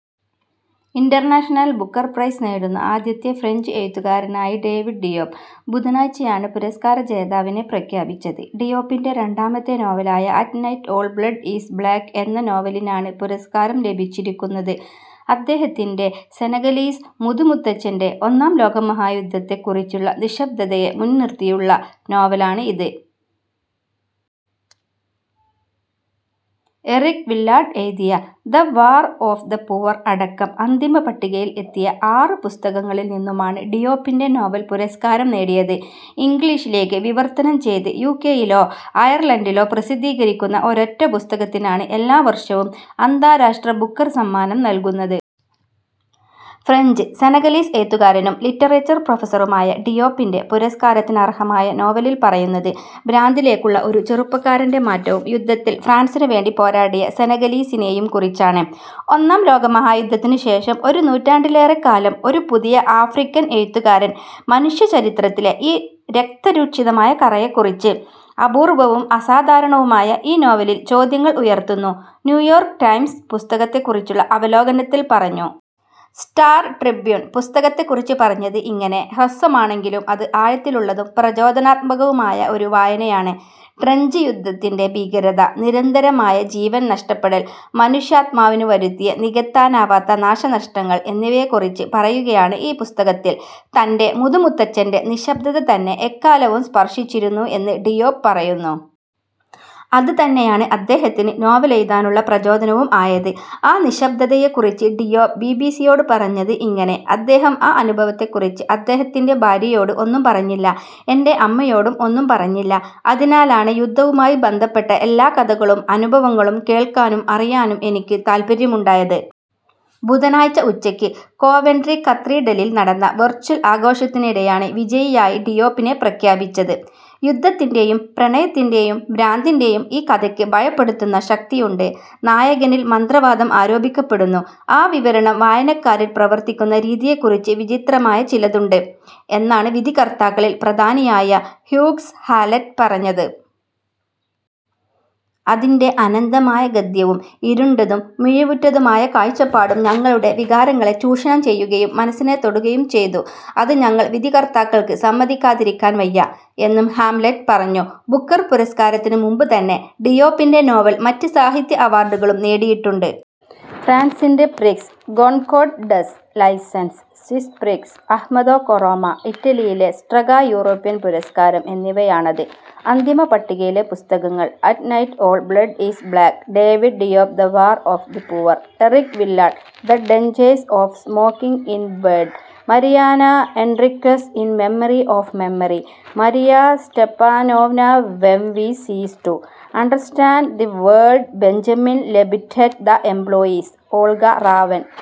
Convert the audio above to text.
International‍ Booker‍ prize നേടുന്ന ആദ്യത്തെ French എഴുത്തുകാരനായി David Diop. ബുധനാഴ്ചയാണ് പുരസ്കാര ജേതാവിനെ പ്രഖ്യാപിച്ചത്. ഡിയോപിന്‍റെ രണ്ടാമത്തെ നോവലായ ' at night all blood is black ' എന്ന നോവലിനാണ് പുരസ്കാരം ലഭിച്ചിരിക്കുന്നത്. അദ്ദേഹത്തിന്‍റെ സെനഗലീസ് മുതുമുത്തച്ഛന്‍റെ, ഒന്നാം ലോക മഹായുദ്ധത്തെ കുറിച്ചുള്ള നിശബ്ദതയെ മുന്നിര്‍ത്തിയുള്ള നോവലാണ് ഇത്. എറിക് വില്ലാർഡ് എഴുതിയ ' the war of the poor ' അടക്കം അന്തിമപട്ടികയിൽ എത്തിയ ആറ് പുസ്തകങ്ങളിൽ നിന്നുമാണ് ഡിയോപിന്‍റെ നോവല്‍ പുരസ്കാരം നേടിയത്. ഇംഗ്ലീഷിലേക്ക് വിവർത്തനം ചെയ്ത് യുകെയിലോ അയർലൻഡിലോ പ്രസിദ്ധീകരിക്കുന്ന ഒരൊറ്റ പുസ്തകത്തിനാണ് എല്ലാ വർഷവും അന്താരാഷ്ട്ര ബുക്കർ സമ്മാനം നൽകുന്നത്. ഫ്രഞ്ച്-സെനഗലീസ് എഴുത്തുകാരനും ലിറ്ററേച്ചർ പ്രൊഫസറുമായ ഡിയോപിന്‍റെ, പുരസ്കാരത്തിന് അര്‍ഹമായ നോവലില്‍ പറയുന്നത് ഭ്രാന്തിലേക്കുള്ള ഒരു ചെറുപ്പക്കാരന്‍റെ മാറ്റവും യുദ്ധത്തില്‍ ഫ്രാന്‍സിനുവേണ്ടി പോരാടിയ സെനഗലീസിനെയും കുറിച്ചാണ്. ' ഒന്നാം ലോകമഹായുദ്ധത്തിന് ശേഷം ഒരു നൂറ്റാണ്ടിലേറെ കാലം- ഒരു പുതിയ ആഫ്രിക്കൻ എഴുത്തുകാരൻ മനുഷ്യചരിത്രത്തിലെ ഈ രക്തരൂക്ഷിതമായ കറയെക്കുറിച്ച് അപൂർവവും അസാധാരണവുമായ ഈ നോവലിൽ ചോദ്യങ്ങൾ ഉയര്‍ത്തുന്നു ' -ന്യൂയോർക്ക് ടൈംസ് പുസ്തകത്തെ കുറിച്ചുള്ള അവലോകനത്തിൽ പറഞ്ഞു. സ്റ്റാർ ട്രിബ്യൂൺ പുസ്തകത്തെ കുറിച്ച് പറഞ്ഞത് ഇങ്ങനെ: ' ഹ്രസ്വമാണെങ്കിലും, അത് ആഴത്തിലുള്ളതും പ്രചോദനാത്മകവുമായ ഒരു വായനയാണ്. ട്രെഞ്ച് യുദ്ധത്തിന്‍റെ ഭീകരത, നിരന്തരമായ ജീവൻ നഷ്ടപ്പെടൽ, മനുഷ്യാത്മാവിനു വരുത്തിയ നികത്താനാവാത്ത നാശനഷ്ടങ്ങൾ എന്നിവയെ കുറിച്ച് പറയുകയാണ് ഈ പുസ്തകത്തിൽ '. തന്‍റെ മുതുമുത്തച്ഛന്‍റെ നിശബ്ദത തന്നെ എക്കാലവും സ്പർശിച്ചിരുന്നു എന്ന് ഡിയോപ് പറയുന്നു. അത് തന്നെയാണ് അദ്ദേഹത്തിന് നോവലെഴുതാനുള്ള പ്രചോദനവും ആയത്. ആ നിശബ്ദതയെ കുറിച്ച് ഡിയോപ് ബിബിസിയോട് പറഞ്ഞത് ഇങ്ങനെ, ' അദ്ദേഹം ആ അനുഭവത്തെ കുറിച്ച് അദ്ദേഹത്തിന്‍റെ ഭാര്യയോട് ഒന്നും പറഞ്ഞില്ല, എന്‍റെ അമ്മയോടും ഒന്നും പറഞ്ഞില്ല. അതിനാലാണ് യുദ്ധവുമായി ബന്ധപ്പെട്ട എല്ലാ കഥകളും അനുഭവങ്ങളും കേള്‍ക്കാനും അറിയാനും എനിക്ക് താല്പര്യമുണ്ടായത്. ' ബുധനാഴ്ച ഉച്ചയ്ക്ക് കോവെൻട്രി കത്തീഡ്രലിൽ നടന്ന വെർച്വൽ ആഘോഷത്തിനിടെയാണ് വിജയിയായി ഡിയോപിനെ പ്രഖ്യാപിച്ചത്. ' യുദ്ധത്തിന്‍റെയും പ്രണയത്തിന്‍റെയും ഭ്രാന്തിന്‍റെയും ഈ കഥയ്ക്ക് ഭയപ്പെടുത്തുന്ന ശക്തിയുണ്ട്. നായകനിൽ മന്ത്രവാദം ആരോപിക്കപ്പെടുന്നു, ആ വിവരണം വായനക്കാരിൽ പ്രവർത്തിക്കുന്ന രീതിയെക്കുറിച്ച് വിചിത്രമായ ചിലത് ഉണ്ട് ' എന്നാണ് വിധികർത്താക്കളിൽ പ്രധാനിയായ ഹ്യൂഗ്സ് ഹാലറ്റ് പറഞ്ഞത്. ' അതിന്‍റെ അനന്തമായ ഗദ്യവും ഇരുണ്ടതും മിഴിവുറ്റതുമായ കാഴ്ചപ്പാടും ഞങ്ങളുടെ വികാരങ്ങളെ ചൂഷണം ചെയ്യുകയും മനസിനെ തൊടുകയും ചെയ്തു. അത് ഞങ്ങൾ വിധികർത്താക്കൾക്ക് സമ്മതിക്കാതിരിക്കാൻ വയ്യ ' എന്നും ഹാംലറ്റ് പറഞ്ഞു. ബുക്കര്‍ പുരസ്കാരത്തിന് മുമ്പ് തന്നെ, ഡിയോപ്പിന്‍റെ നോവൽ മറ്റ് സാഹിത്യ അവാർഡുകളും നേടിയിട്ടുണ്ട്. ഫ്രാൻസിന്‍റെ ' Prix Goncourt des Lycéens ',' Swiss Prix Ahmadou Kourouma ', ഇറ്റലിയിലെ ' സ്ട്രെഗ യൂറോപ്യൻ പുരസ്കാരം ' എന്നിവയാണത്. അന്തിമപട്ടികയിലെ പുസ്തകങ്ങൾ: at night all blood is black – David Diop the war of the poor – Eric Vuillard the dangers of smoking in‍ bed – Mariana Enriquez ഇന്‍ memory of memory – Maria Stepanova when വീ സീസ് to understand the World – Benjamin Labatut The Employees – Olga Raven.